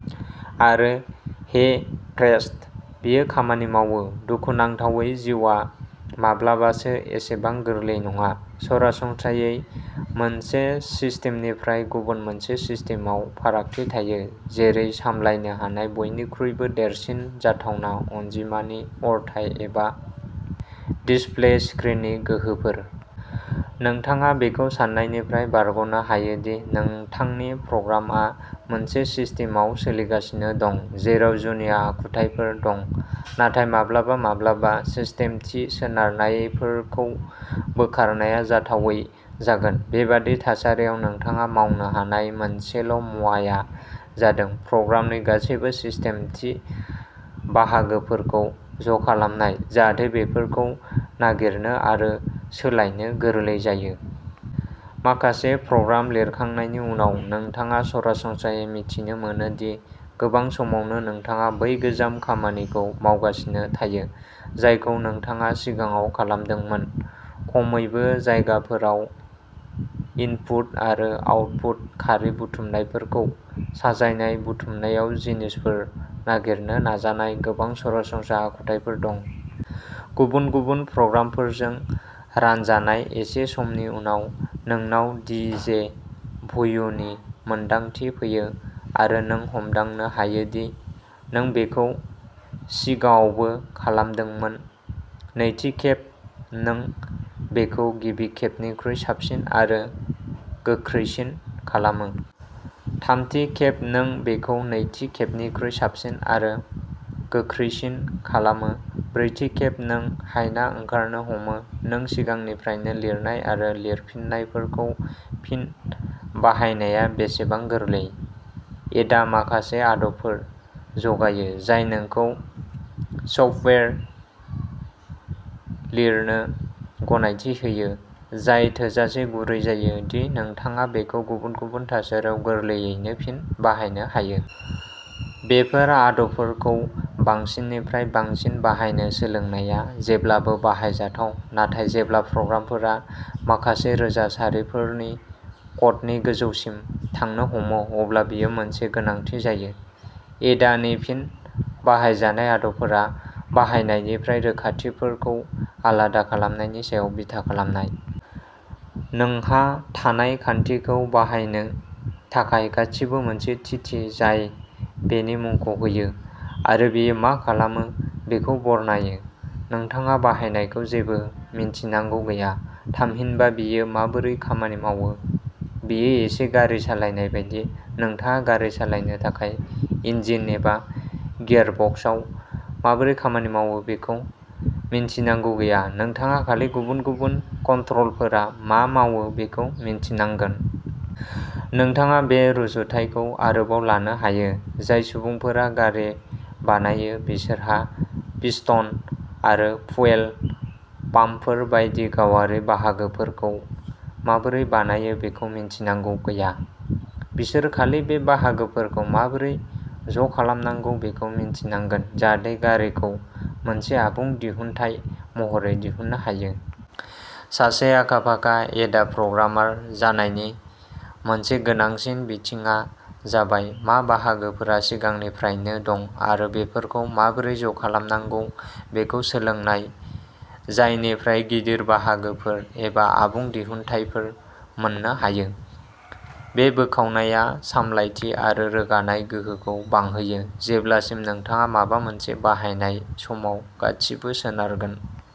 आरो, हे प्रेस्ट ', बेयो खामानि मावो! दुखुनांथावै जिउआ माब्लाबासो एसेबां गोरलै नङा; सरासनस्रायै मोनसे सिस्टेमनिफ्राय गुबुन मोनसे सिस्टेमाव फारागथि थायो जेरै सामलायनो हानाय बयनिख्रुइबो देरसिन जाथावना अनजिमानि अरथाइ एबा डिसप्ले स्क्रिननि गोहोफोर। नोंथाङा बेखौ सान्नायनिफ्राय बारग'नो हायो दि नोंथांनि प्रग्रामआ मोनसे सिस्टेमाव सोलिगासिनो दं, जेराव जुनिया आखुथायफोर दं, नाथाय माब्लाबा-माब्लाबा सिस्टेम-थि सोनारनायफोरखौ बोखारनाया जाथावै जागोन। बेबादि थासारियाव नोंथाङा मावनो हानाय मोनसेल'मुवाया जादों प्रग्रामनि गासैबो सिस्टेम-थि बाहागोफोरखौ ज'खालामनाय, जाहाथे बेफोरखौ नागिरनो आरो सोलायनो गोरलै जायो। माखासे प्रग्राम लिरखांनायनि उनाव नोंथाङा सरासनस्रायै मिथिनो मोनो दि गोबां समावनो नोंथाङा बै गोजाम खामानिखौ मावगासिनो थायो, जायखौ नोंथाङा सिगाङाव खालामदोंमोन, खमैबो जायगाफोराव। इनपुट आरो आउटपुट; खारि बुथुमनायफोरखौ साजायनाय; बुथुमनायाव जिनिसफोर नागिरनो नाजानाय; गोबां सरासनस्रा आखुथायफोर दं। गुबुन गुबुन प्रग्रामफोरजों रानजानाय। एसे समनि उनाव नोंनाव डि जे भ्युनि मोन्दांथि फैयो आरो नों हमदांनो हायो दि नों बेखौ सिगाङावबो खालामदोंमोन। नैथि खेब नों बेखौ गिबि खेबनिख्रुइ साबसिन आरो गोख्रैसिन खालामो। थामथि खेब नों बेखौ नैथि खेबनिख्रुइ साबसिन आरो गोख्रैसिन खालामो। ब्रैथि खेब नों हायना ओंखारनो हमो। नों सिगांनिफ्रायनो लिरनाय आरो लिरफिन्नायफोरखौ फिन बाहायनाया बेसेबां गोरलै? एडा माखासे आदबफोर जगायो जाय नोंखौ सफ्टवेयार लिरनो गनायथि होयो जाय थोजासे गुरै जायो दि नोंथाङा बेखौ गुबुन गुबुन थासारियाव गोरलैयैनो फिन बाहायनो हायो। बेफोर आदबफोरखौ बांसिननिफ्राय बांसिन बाहायनो सोलोंनाया जेब्लाबो बाहायजाथाव नाथाय जेब्ला प्रग्रामफोरा माखासे रोजा सारिफोरनि क'डनि गोजौसिम थांनो हमो अब्ला बेयो मोनसे गोनांथि जायो। एडा नि फिन बाहायजानाय आदबफोरा बाहायनायनिफ्राय रोखाथिफोरखौ आलादा खालामनायनि सायाव बिथा खालामनाय। नोंहा थानाय खान्थिखौ बाहायनो थाखाय गासिबो मोनसे थिथि जाय बेनि मुंखौ होयो। आरो बेयो मा खालामो बेखौ बरनायो; नोंथाङा बाहायनायखौ जेबो मिन्थिनांगौ गैया, थामहिनबा बेयो माबोरै खामानि मावो। बेयो एसे गारि सालायनाय बायदि; नोंथाङा गारि सालायनो थाखाय इन्जिन एबा गियारबक्सआ माबोरै खामानि मावो बेखौ मिन्थिनांगौ गैया, नोंथाङा खालि गुबुन गुबुन कन्ट्र'लफोरा मा मावो बेखौ मिन्थिनांगोन। नोंथाङा बे रुजुथायखौ आरोबाव लानो हायोः जाय सुबुंफोरा गारि बानायो बिसोरहा पिस्टन आरो फुयेल पाम्पफोर बायदि गावारि बाहागोफोरखौ माबोरै बानायो बेखौ मिन्थिनांगौ गैया। बिसोरो खालि बे बाहागोफोरखौ माबोरै ज'खालामनांगौ बेखौ मिन्थिनांगोन जाहाथे गारिखौ मोनसे आबुं दिहुनथाय महरै दिहुननो हायो। सासे आखा-फाखा एडा प्रग्रामार जानायनि मोनसे गोनांसिन बिथिंआ जाबाय मा बाहागोफोरा सिगांनिफ्रायनो दं आरो बेफोरखौ माबोरै ज'खालामनांगौ बेखौ सोलोंनाय जायनिफ्राय गिदिर बाहागोफोर एबा आबुं दिहुनथायफोर मोननो हायो। बे बोखावनाया सामलायथि आरो रोगानाय गोहोखौ बांहोयो। जेब्लासिम नोंथाङा माबा मोनसे बाहायनाय समाव गासिबो सोनारगोन।